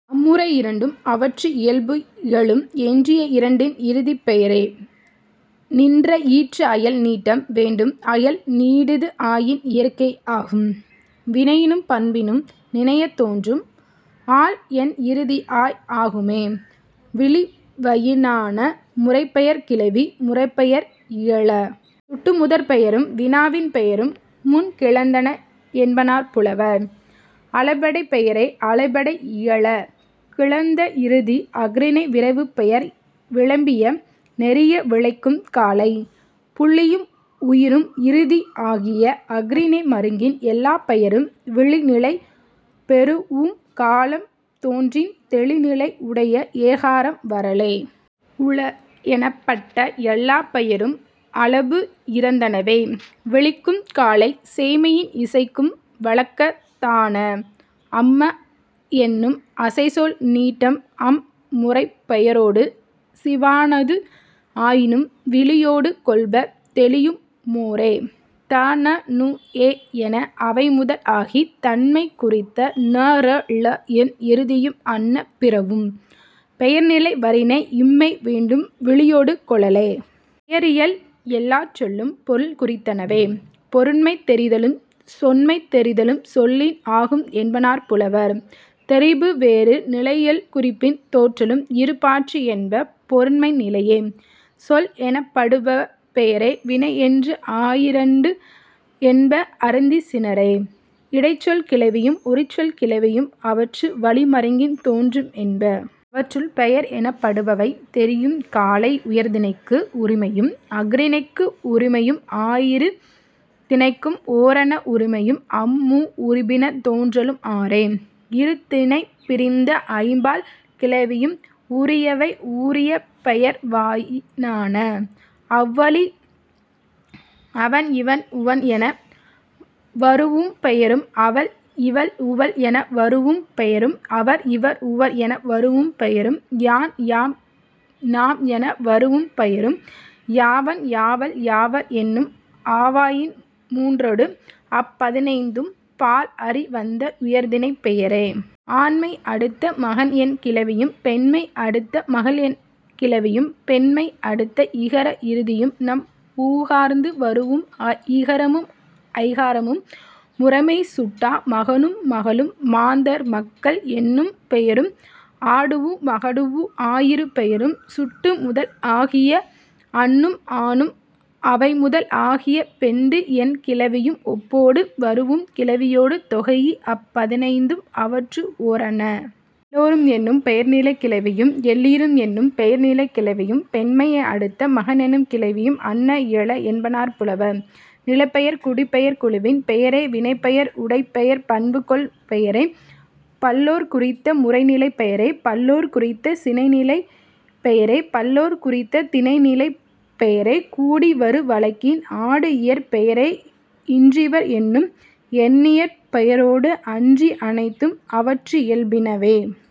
அம் முறை இரண்டும் அவற்று இயல்பு இயலும். எஞ்சிய இரண்டின் இறுதிப் பெயரே நின்ற ஈற்று அயல் நீட்டம் வேண்டும். அயல் நீடுது ஆயின் இயற்கை ஆகும். வினையினும் பண்பினும் நினையத் தோன்றும் ஆள் என் இறுதி ஆய் ஆகும்மே விளிவயினான. முறைப்பெயர்க் கிளவி முறைப்பெயர் இயல. சுட்டுமுதற் பெயரும் வினாவின் பெயரும் முன் கிளந்தன்ன என்மனார் புலவர். அளபெடைப் பெயரே அளபெடை இயல. கிளந்த இறுதி அஃறிணை விரவுப்பெயர் விளம்பிய நெறிய விளைக்கும் காலை. புள்ளியும் உயிரும் இறுதி ஆகிய அஃறிணை மருங்கின் எல்லாப் பெயரும் விளி நிலை பெறூஉம் காலம் தோன்றின் தெளி நிலை உடைய ஏகாரம் வரலே. உள எனப்பட்ட எல்லாப் பெயரும் அளபு இறந்தனவே விளிக்கும் காலை சேய்மையின் இசைக்கும் வழக்கத்தான. அம்ம என்னும் அசைச்சொல் நீட்டம் அம் முறைப்பெயரொடு சிவணாது ஆயினும் விளியொடு கொள்ப தெளியுமோரே. த ந நு எ என அவை முதல் ஆகித் தன்மை குறித்த ன ர ள என் இறுதியும் அன்ன பிறவும் பெயர் நிலை வரினே இன்மை வேண்டும் விளியொடு கொளலே.. பெயரியல் எல்லாச் சொல்லும் பொருள் குறித்தனவே. பொருண்மை தெரிதலும் சொன்மை தெரிதலும் சொல்லின் ஆகும் என்மனார் புலவர். தெரிபு வேறு நிலையலும் குறிப்பின் தோன்றலும் இரு பாற்று என்ப பொருண்மை நிலையே. சொல் எனப்படுப பெயரே வினை என்று ஆயிரண்டு என்ப அறிந்திசினோரே. இடைச்சொல் கிளவியும் உரிச்சொல் கிளவியும் அவற்று வழி மருங்கின் தோன்றும் என்ப. அவற்றுள், பெயர் எனப்படுபவை தெரியும் காலை உயர்திணைக்கு உரிமையும் அஃறிணைக்கு உரிமையும் ஆயிரு திணைக்கும் ஓரன்ன உரிமையும் அம் மூ உருபின தோன்றல் ஆறே. இரு திணைப் பிரிந்த ஐம் பால் கிளவிக்கும் உரியவை உரிய பெயர்வயினான. அவ்வழி, அவன் இவன் உவன் என வரூஉம் பெயரும் அவள் இவள் உவள் என வரூஉம் பெயரும் அவர் இவர் உவர் என வரூஉம் பெயரும் யான் யாம் நாம் என வரூஉம் பெயரும் யாவன் யாவள் யாவர் என்னும் ஆவயின் மூன்றொடு அப் பதினைந்தும் பால் அறி வந்த உயர்திணைப் பெயரே. ஆண்மை அடுத்த மகன் என் கிளவியும் பெண்மை அடுத்த மகள் என் கிளவியும் பெண்மை அடுத்த இகர இறுதியும் நம் ஊர்ந்து வரூஉம் இகர ஐகாரமும் முறைமை சுட்டா மகனும் மகளும் மாந்தர் மக்கள் என்னும் பெயரும் ஆடூஉ மகடூஉ ஆயிரு பெயரும் சுட்டு முதல் ஆகிய அன்னும் ஆனும் அவை முதல் ஆகிய பெண்டு என் கிளவியும் ஒப்பொடு வரூஉம் கிளவியொடு தொகைஇ அப் பதினைந்தும் அவற்று ஓரன்ன. எல்லாரும் என்னும் பெயர்நிலைக் கிளவியும் எல்லீரும் என்னும் பெயர்நிலைக் கிளவியும் பெண்மை அடுத்த மகன் என் கிளவியும் அன்ன இயல என்மனார் புலவர். நிலப் பெயர் குடிப் பெயர் குழுவின் பெயரே வினைப் பெயர் உடைப் பெயர் பண்பு கொள் பெயரே பல்லோர்க் குறித்த முறை நிலைப் பெயரே பல்லோர்க் குறித்த சினை நிலைப் பெயரே பல்லோர்க் குறித்த திணை நிலைப் பெயரே கூடி வரு வழக்கின் ஆடு இயற் பெயரே இன்றிவர் என்னும் எண்ணியற் பெயரொடு அன்றி அனைத்தும் அவற்று இயல்பினவே.